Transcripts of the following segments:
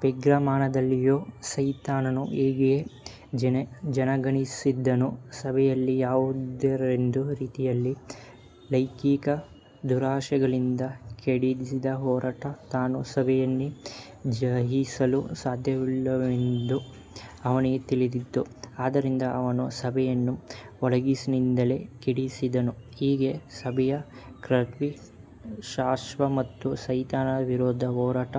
ಪೆರ್ಗಮದಲ್ಲಿಯೂ ಸೈತಾನನು ಹೀಗೆಯೇ ಜಯಗಳಿಸಿದನು. ಸಭೆಯನ್ನು ಯಾವುದಾದರೊಂದು ರೀತಿಯಲ್ಲಿ ಲೌಕಿಕ ದುರಾಶೆಗಳಿಂದ ಕೆಡಿಸದ ಹೊರತು, ತಾನು ಸಭೆಯನ್ನು ಜಯಿಸಲು ಸಾಧ್ಯವಿಲ್ಲವೆಂಬುದು ಅವನಿಗೆ ತಿಳಿದಿತ್ತು. ಆದ್ದರಿಂದ ಅವನು ಸಭೆಯನ್ನು ಒಳಗಿನಿಂದಲೇ ಕೆಡಿಸಿದನು. ಹೀಗೆ ಸಭೆಯು ಕರ್ತನ ಸಾಕ್ಷಿ ಮತ್ತು ಸೈತಾನನ ವಿರುದ್ಧ ಹೋರಾಟ,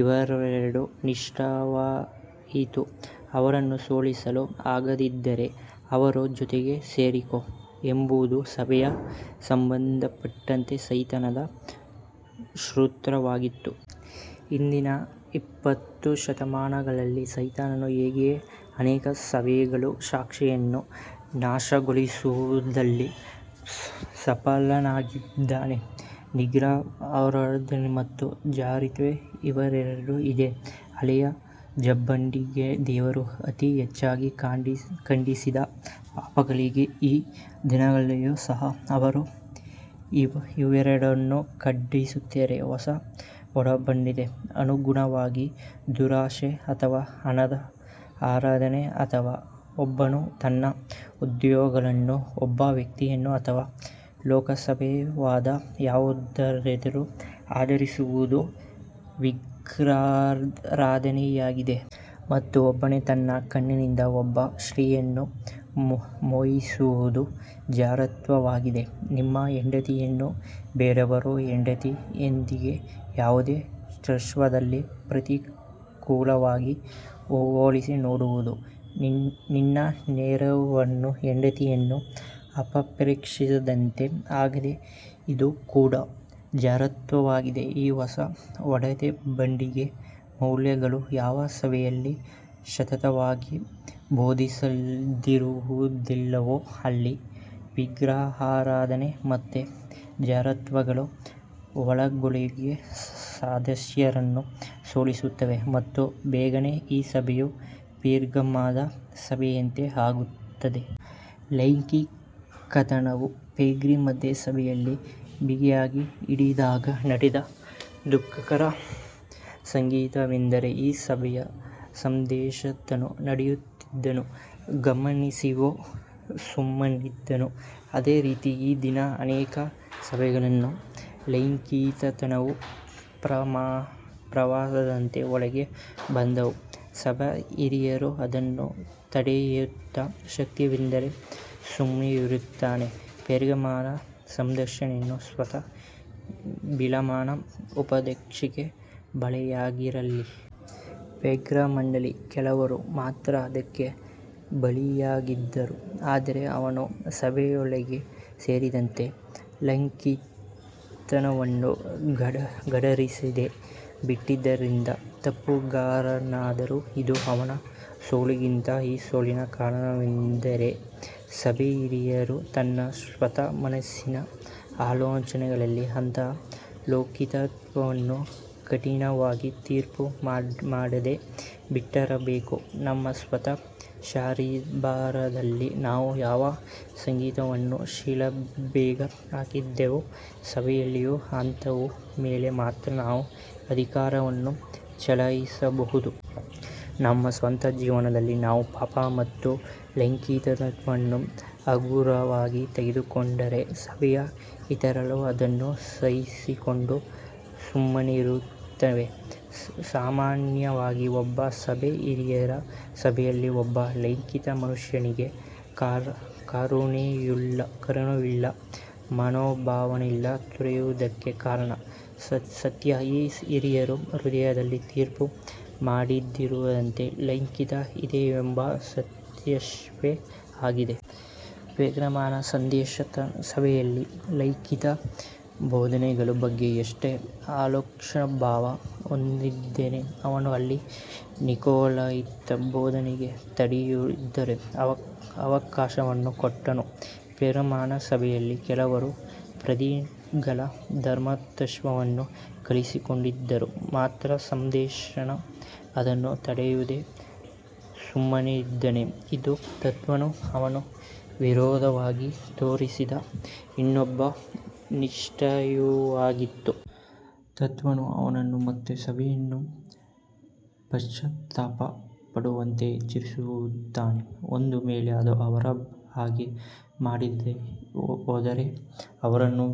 ಇವೆರಡರಲ್ಲೂ ನಿಷ್ಫಲವಾಯಿತು. "ಅವರನ್ನು ಸೋಲಿಸಲು ಆಗದಿದ್ದರೆ, ಅವರ ಜೊತೆಗೆ ಸೇರಿಕೋ," ಎಂಬುದು ಸಭೆಗೆ ಸಂಬಂಧಪಟ್ಟಂತೆ ಸೈತಾನನ ಸೂತ್ರವಾಗಿದೆ. ಹಿಂದಿನ ಇಪ್ಪತ್ತು ಶತಮಾನಗಳಲ್ಲಿ, ಸೈತಾನನು ಹೀಗೆಯೇ ಅನೇಕ ಸಭೆಗಳ ಸಾಕ್ಷಿಯನ್ನು ನಾಶಗೊಳಿಸುವುದರಲ್ಲಿ ಸಫಲನಾಗಿದ್ದಾನೆ. ವಿಗ್ರಹಾರಾಧನೆ ಮತ್ತು ಜಾರತ್ವ ಇವೆರಡು, ಇಡೀ ಹಳೆಯ ಒಡಂಬಡಿಕೆಯಲ್ಲಿ ದೇವರು ಅತಿ ಹೆಚ್ಚಾಗಿ ಖಂಡಿಸಿದ ಪಾಪಗಳಾಗಿವೆ. ಈ ದಿನದಲ್ಲಿಯೂ ಸಹ ಅವರು ಇವೆರಡನ್ನು ಖಂಡಿಸುತ್ತಾರೆ. ಹೊಸ ಒಡಂಬಡಿಕೆಗೆ ಅನುಗುಣವಾಗಿ, ದುರಾಶೆ, ಅಥವಾ ಹಣದ ಆರಾಧನೆ, ಅಥವಾ ಒಬ್ಬನು ತನ್ನ ಉದ್ಯೋಗವನ್ನು, ಒಬ್ಬ ವ್ಯಕ್ತಿಯನ್ನು ಅಥವಾ ಲೋಕ ಸಂಬಂಧವಾದ ಯಾವುದನ್ನಾದರೂ ಆರಾಧಿಸುವುದು ವಿಗ್ರಹಾರಾಧನೆಯಾಗಿದೆ. ಮತ್ತು ಒಬ್ಬನು ತನ್ನ ಕಣ್ಣಿನಿಂದ ಒಬ್ಬ ಸ್ತ್ರೀಯನ್ನು ಮೋಹಿಸುವುದು ಜಾರತ್ವವಾಗಿದೆ. ನಿಮ್ಮ ಹೆಂಡತಿಯನ್ನು ಬೇರೆಯವರ ಹೆಂಡತಿಯೊಂದಿಗೆ ಯಾವುದೇ ಕ್ಷೇತ್ರದಲ್ಲಿ ಪ್ರತಿಕೂಲವಾಗಿ ಹೋಲಿಸಿ ನೋಡುವುದು, "ನಿನ್ನ ನೆರೆಯವನ ಹೆಂಡತಿಯನ್ನು ಅಪೇಕ್ಷಿಸಿದಂತೆ" ಆಗಿದೆ. ಇದು ಕೂಡ ಜಾರತ್ವವಾಗಿದೆ. ಈ ಹೊಸ ಒಡಂಬಡಿಕೆಯ ಮೌಲ್ಯಗಳು ಯಾವ ಸಭೆಯಲ್ಲಿ ಸತತವಾಗಿ ಬೋಧಿಸಲ್ಪಡುವುದಿಲ್ಲವೋ, ಅಲ್ಲಿ ವಿಗ್ರಹಾರಾಧನೆ ಮತ್ತು ಜಾರತ್ವಗಳು ಒಳಗೊಳಗೇ ಸದಸ್ಯರನ್ನು ಸೋಲಿಸುತ್ತವೆ ಮತ್ತು ಬೇಗನೆ ಆ ಸಭೆಯು ಪೆರ್ಗಮದ ಸಭೆಯಂತೆ ಆಗುತ್ತದೆ. ಲೌಕಿಕತನವು ಪೆರ್ಗಮದ ಸಭೆಯನ್ನು ಬಿಗಿಯಾಗಿ ಹಿಡಿದಾಗ ನಡೆದ ದುಃಖಕರ ಸಂಗತಿಯೆಂದರೆ, ಆ ಸಭೆಯ ಸಂದೇಶಕನು ನಡೆಯುತ್ತಿದ್ದುದನ್ನು ಗಮನಿಸಿಯೂ ಸುಮ್ಮನಿದ್ದನು. ಅದೇ ರೀತಿ ಈ ದಿನ ಅನೇಕ ಸಭೆಗಳಲ್ಲಿ, ಲೌಕಿಕತನವು ಪ್ರವಾಹದಂತೆ ಒಳಗೆ ಬಂದಾಗಲೂ, ಸಭಾ ಹಿರಿಯರು ಅದನ್ನು ತಡೆಯುವ ಶಕ್ತಿಯಿಲ್ಲದೆ ಸುಮ್ಮನಿರುತ್ತಾರೆ. ಪೆರ್ಗಮದ ಸಂದೇಶಕನು ಸ್ವತಃ ಬಿಳಾಮನ ಉಪದೇಶಕ್ಕೆ ಬಲಿಯಾಗಿರಲಿಲ್ಲ. ಪೆರ್ಗಮದಲ್ಲಿ "ಕೆಲವರು" ಮಾತ್ರ ಅದಕ್ಕೆ ಬಲಿಯಾಗಿದ್ದರು. ಆದರೆ ಅವನು ಸಭೆಯೊಳಗೆ ಸೇರಿದ್ದ ಲೌಕಿಕತನವನ್ನು ಗದರಿಸದೇ ಬಿಟ್ಟದ್ದರಿಂದ ತಪ್ಪುಗಾರನಾದನು. ಇದು ಅವನ ಸೋಲಾಗಿತ್ತು. ಈ ಸೋಲಿಗೆ ಕಾರಣವೇನೆಂದರೆ, ಸಭಾಹಿರಿಯನು ತನ್ನ ಸ್ವಂತ ಮನಸ್ಸಿನ ಅಲೋಚನೆಗಳಲ್ಲಿ ಇಂತಹ ಲೌಕಿಕತನವನ್ನು ಕಠಿಣವಾಗಿ ತೀರ್ಪು ಮಾಡದೇ ಬಿಟ್ಟಿರಬೇಕು. ನಮ್ಮ ಸ್ವಂತ ಶರೀರಭಾವದಲ್ಲಿ ನಾವು ಯಾವ ಸಂಗತಿಗಳನ್ನು ಶಿಲುಬೆಗೆ ಹಾಕಿದ್ದೇವೋ, ಸಭೆಯಲ್ಲಿಯೂ ಅಂಥವುಗಳ ಮೇಲೆ ಮಾತ್ರ ನಾವು ಅಧಿಕಾರವನ್ನು ಚಲಾಯಿಸಬಹುದು. ನಮ್ಮ ಸ್ವಂತ ಜೀವನದಲ್ಲಿ ನಾವು ಪಾಪ ಮತ್ತು ಲೌಕಿಕತನವನ್ನು ಹಗುರವಾಗಿ ತೆಗೆದುಕೊಂಡರೆ, ಸಭೆಯ ಇತರರಲ್ಲೂ ಅದನ್ನು ಸಹಿಸಿಕೊಂಡು ಸುಮ್ಮನಿರುತ್ತೇವೆ. ಸಾಮಾನ್ಯವಾಗಿ ಒಬ್ಬ ಸಭಾ ಹಿರಿಯನು ಸಭೆಯಲ್ಲಿ ಒಬ್ಬ ಲೌಕಿಕ ಮನುಷ್ಯನಿಗೆ "ಕರುಣೆಯುಳ್ಳ" ಮನೋಭಾವವನ್ನು ತೋರುವುದಕ್ಕೆ ಕಾರಣ, ಸ್ವತಃ ಆ ಹಿರಿಯನ ಹೃದಯದಲ್ಲಿ ತೀರ್ಪು ಮಾಡದಿರುವಂತ ಲೌಕಿಕತನ ಇದೆಯೆಂಬ ಸತ್ಯಾಂಶವೇ ಆಗಿದೆ. ಪೆರ್ಗಮದ ಸಂದೇಶಕನು ಸಭೆಯಲ್ಲಿ ಲೌಕಿಕ ಬೋಧನೆಗಳ ಬಗ್ಗೆ ಎಷ್ಟು ಅಲಕ್ಷ್ಯಭಾವ ಹೊಂದಿದ್ದನೆಂದರೆ, ಅವನು ಅಲ್ಲಿ ನಿಕೊಲಾಯಿತರ ಬೋಧನೆಗೆ ತಡೆಯಿಲ್ಲದ ಅವಕಾಶವನ್ನು ಕೊಟ್ಟನು. ಪೆರ್ಗಮದ ಸಭೆಯಲ್ಲಿ ಕೆಲವರು ಪಾದ್ರಿಗಳ ಧರ್ಮತತ್ವವನ್ನು ಕಲಿಸಿಕೊಡುತ್ತಿದ್ದರು! ಮತ್ತು ಸಂದೇಶಕನು ಅದನ್ನು ತಡೆಯದೇ ಸುಮ್ಮನಿದ್ದನು. ಇದು ಕರ್ತನು ಅವನ ವಿರುದ್ಧವಾಗಿ ತೋರಿಸಿದ ಇನ್ನೊಂದು ವಿಷಯವಾಗಿತ್ತು. ಕರ್ತನು ಅವನನ್ನು ಮತ್ತು ಸಭೆಯನ್ನು ಪಶ್ಚಾತ್ತಾಪ ಪಡುವಂತೆ ಎಚ್ಚರಿಸುತ್ತಾನೆ. ಒಂದು ವೇಳೆ ಅವರು ಹಾಗೆ ಮಾಡದೇ ಹೋದರೆ, ಅವರನ್ನು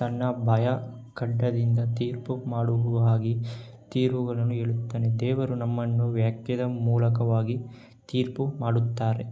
ತನ್ನ ಬಾಯ ಖಡ್ಗದಿಂದ ತೀರ್ಪು ಮಾಡುವುದಾಗಿ ಕರ್ತನು ಹೇಳುತ್ತಾನೆ. ದೇವರು ನಮ್ಮನ್ನು ವಾಕ್ಯದ ಮೂಲಕವಾಗಿ ತೀರ್ಪು ಮಾಡುತ್ತಾರೆ.